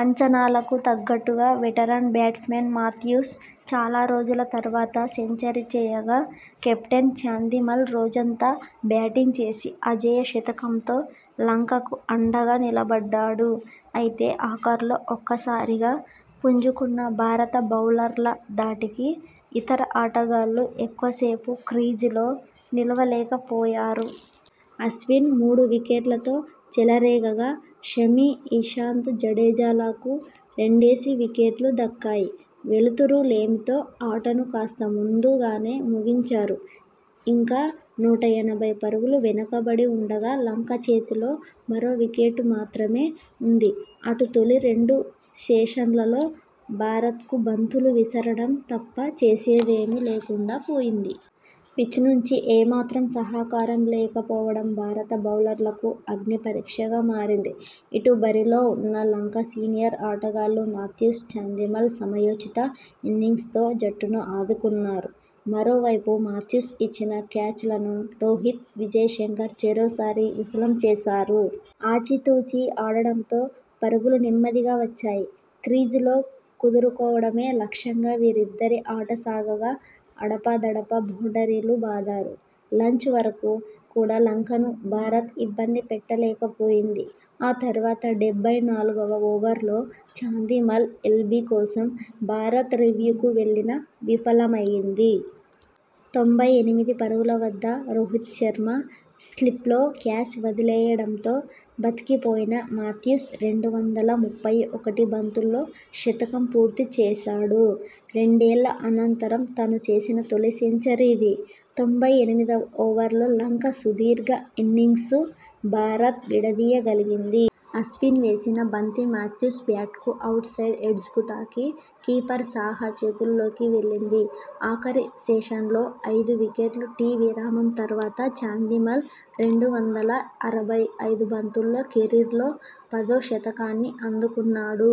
అంచనాలకు తగ్గట్టుగా veteran batsman Mathews చాలా రోజుల తర్వాత సెంచరీ చేయగా కెప్టెన్ చాందిమల్ రోజంతా బ్యాటింగ్ చేసి అజేయ శతకంతో లంకకు అండగా నిలబడ్డాడు. అయితే ఆఖర్లో ఒక్క సారిగా పుంజుకున్న భారత బౌలర్ల ధాటికి ఇతర ఆటగాళ్లు ఎక్కువ సేపు క్రీజులో నిలవలేకపోయారు. అశ్విన్ మూడు వికెట్లతో చెలరేగగా షమీ, ఇషాంత్, జడేజాలకు రెండేసి వికెట్లు దక్కాయి. వెలుతురు లేమితో ఆటను కాస్త ముందు గానే ముగించారు. ఇంకా నూట ఎనభై పరుగులు వెనక బడి ఉండగా లంక చేతిలో మరో వికెట్ మాత్రమే ఉంది. అటు తొలి రెండు సెషన్లలో భారత్కు బంతులు విసరడం తప్ప చేసే దేమీ లేకుండా పోయింది. పిచ్ నుంచి ఏమాత్రం సహకారం లేక పోవడం భారత బౌలర్లకు అగ్నిపరీక్షగా మారింది. ఇటు బరిలో ఉన్న లంక సీనియర్ ఆటగాళ్లు మాథ్యూస్, చాందిమల్ సమయోచిత ఇన్నింగ్స్తో జట్టును ఆదుకున్నారు. మరో వైపు మాథ్యూస్ ఇచ్చిన క్యాచ్లను రోహిత్, విజయ్ శంకర్ చెరోసారి విఫలం చేశారు. ఆచి తూచి ఆడడంతో పరుగులు నెమ్మదిగా వచ్చాయి. క్రీజులో కుదురు కోవడమే లక్ష్యంగా వీరిద్దరి ఆట సాగగా అడపా దడపా బౌండరీలు బాదారు. లంచ్ వరకు కూడా లంకను భారత్ ఇబ్బంది పెట్టలేక పోయింది. ఆ తర్వాత డెబ్బై నాలుగువ ఓవర్లో చాందిమల్ ఎల్బీ కోసం భారత్ రివ్యూకు వెళ్లినా విఫలమైంది. తొంభై ఎనిమిది పరుగుల వద్ద రోహిత్ శర్మ స్లిప్లో క్యాచ్ వదిలేయడంతో బతికిపోయిన మాథ్యూస్ రెండు వందల ముప్పై ఒకటి బంతుల్లో శతకం పూర్తి చేశాడు. రెండేళ్ల అనంతరం తను చేసిన తొలి సెంచరీ ఇది. తొంభై ఎనిమిదివ ఓవర్లో లంక సుదీర్ఘ ఇన్నింగ్స్ను భారత్ విడదీయ గలిగింది. అశ్విన్ వేసిన బంతి మాథ్యూస్ బ్యాట్కు అవుట్ సైడ్ ఎడ్జ్కు తాకి కీపర్ సాహా చేతుల్లోకి వెళ్లింది. ఆఖరి సెషన్లో ఐదు వికెట్లు టీ విరామం తర్వాత చాందిమల్ రెండు వందల అరవై ఐదు బంతుల్లో కెరీర్లో పదో శతకాన్ని అందుకున్నాడు.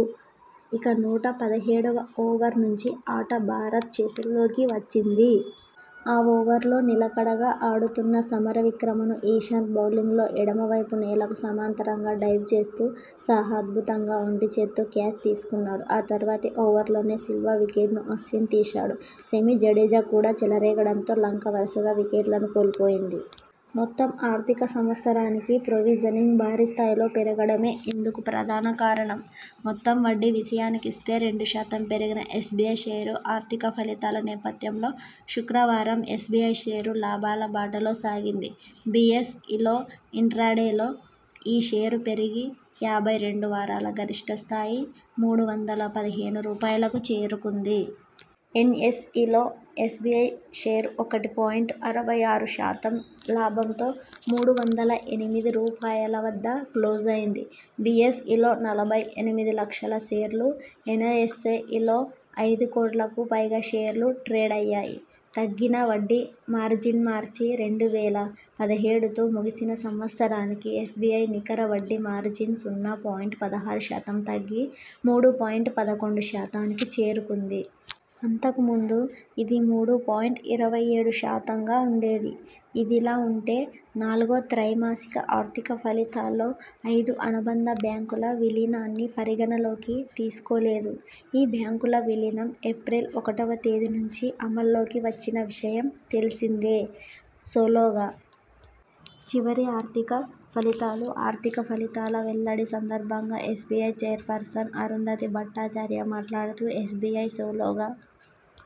ఇక నూట పదిహేడువ ఓవర్ నుంచి ఆట భారత్ చేతుల్లోకి వచ్చింది. ఆ ఓవర్లో నిలకడగా ఆడుతున్న సమర విక్రమను ఇషాంత్ బౌలింగ్ లో ఎడమ వైపు నేలకు సమాంతరంగా డైవ్ చేస్తూ సాహా అద్భుతంగా ఒంటి చేత్తో క్యాచ్ తీసుకున్నాడు. ఆ తర్వాతి ఓవర్లోనే సిల్వ వికెట్ను అశ్విన్ తీశాడు. షమీ, జడేజా కూడా చెలరేగడంతో లంక వరుసగా వికెట్లను కోల్పోయింది. మొత్తం ఆర్థిక సంవత్సరానికి ప్రొవిజనింగ్ భారీ స్థాయిలో పెరగడమే ఇందుకు ప్రధాన కారణం. మొత్తం వడ్డీ విషయానికిస్తే రెండు శాతం పెరిగిన ఎస్బిఐ షేరు ఆర్థిక ఫలితాల నేపథ్యంలో శుక్రవారం ఎస్బిఐ షేరు లాభాల బాటలో సాగింది. బిఎస్ ఇలో ఇంట్రాడేలో ఈ షేరు పెరిగి యాభై రెండు వారాల గరిష్ఠ స్థాయి మూడు వందల పదిహేను రూపాయలకు చేరుకుంది. ఎన్ ఎస్ ఇలో ఎస్బిఐ షేరు ఒకటి పాయింట్ అరవై ఆరు శాతం లాభంతో మూడు వందల ఎనిమిది రూపాయల వద్ద క్లోజైంది. బిఎస్ ఇలో నలభై ఎనిమిది లక్షల షేర్లు, ఎనఎ్సఇలో ఐదు కోట్లకు పైగా షేర్లు ట్రేడయ్యాయి. తగ్గిన వడ్డీ మార్జిన్మార్చి రెండు వేల పదిహేడుతో ముగిసిన సంవత్సరానికి ఎస్బిఐ నికర వడ్డీ మార్జిన్ సున్నా పాయింట్ పదహారు శాతం తగ్గి మూడు పాయింట్ పదకొండు శాతానికి చేరుకుంది. అంతకు ముందు ఇది మూడు పాయింట్ ఇరవై ఏడు శాతంగా ఉండేది. ఇదిలా ఉంటే నాలుగో త్రైమాసిక ఆర్థిక ఫలితాల్లో ఐదు అనుబంధ బ్యాంకుల విలీనాన్ని పరిగణనలోకి తీసుకోలేదు. ఈ బ్యాంకుల విలీనం ఏప్రిల్ ఒకటివ తేదీ నుంచి అమల్లోకి వచ్చిన విషయం తెలిసిందే. సోలోగా చివరి ఆర్థిక ఫలితాలు ఆర్థిక ఫలితాల వెల్లడి సందర్భంగా ఎస్బిఐ చైర్పర్సన్ అరుంధతీ భట్టాచార్య మాట్లాడుతూ ఎస్బిఐ సోలోగా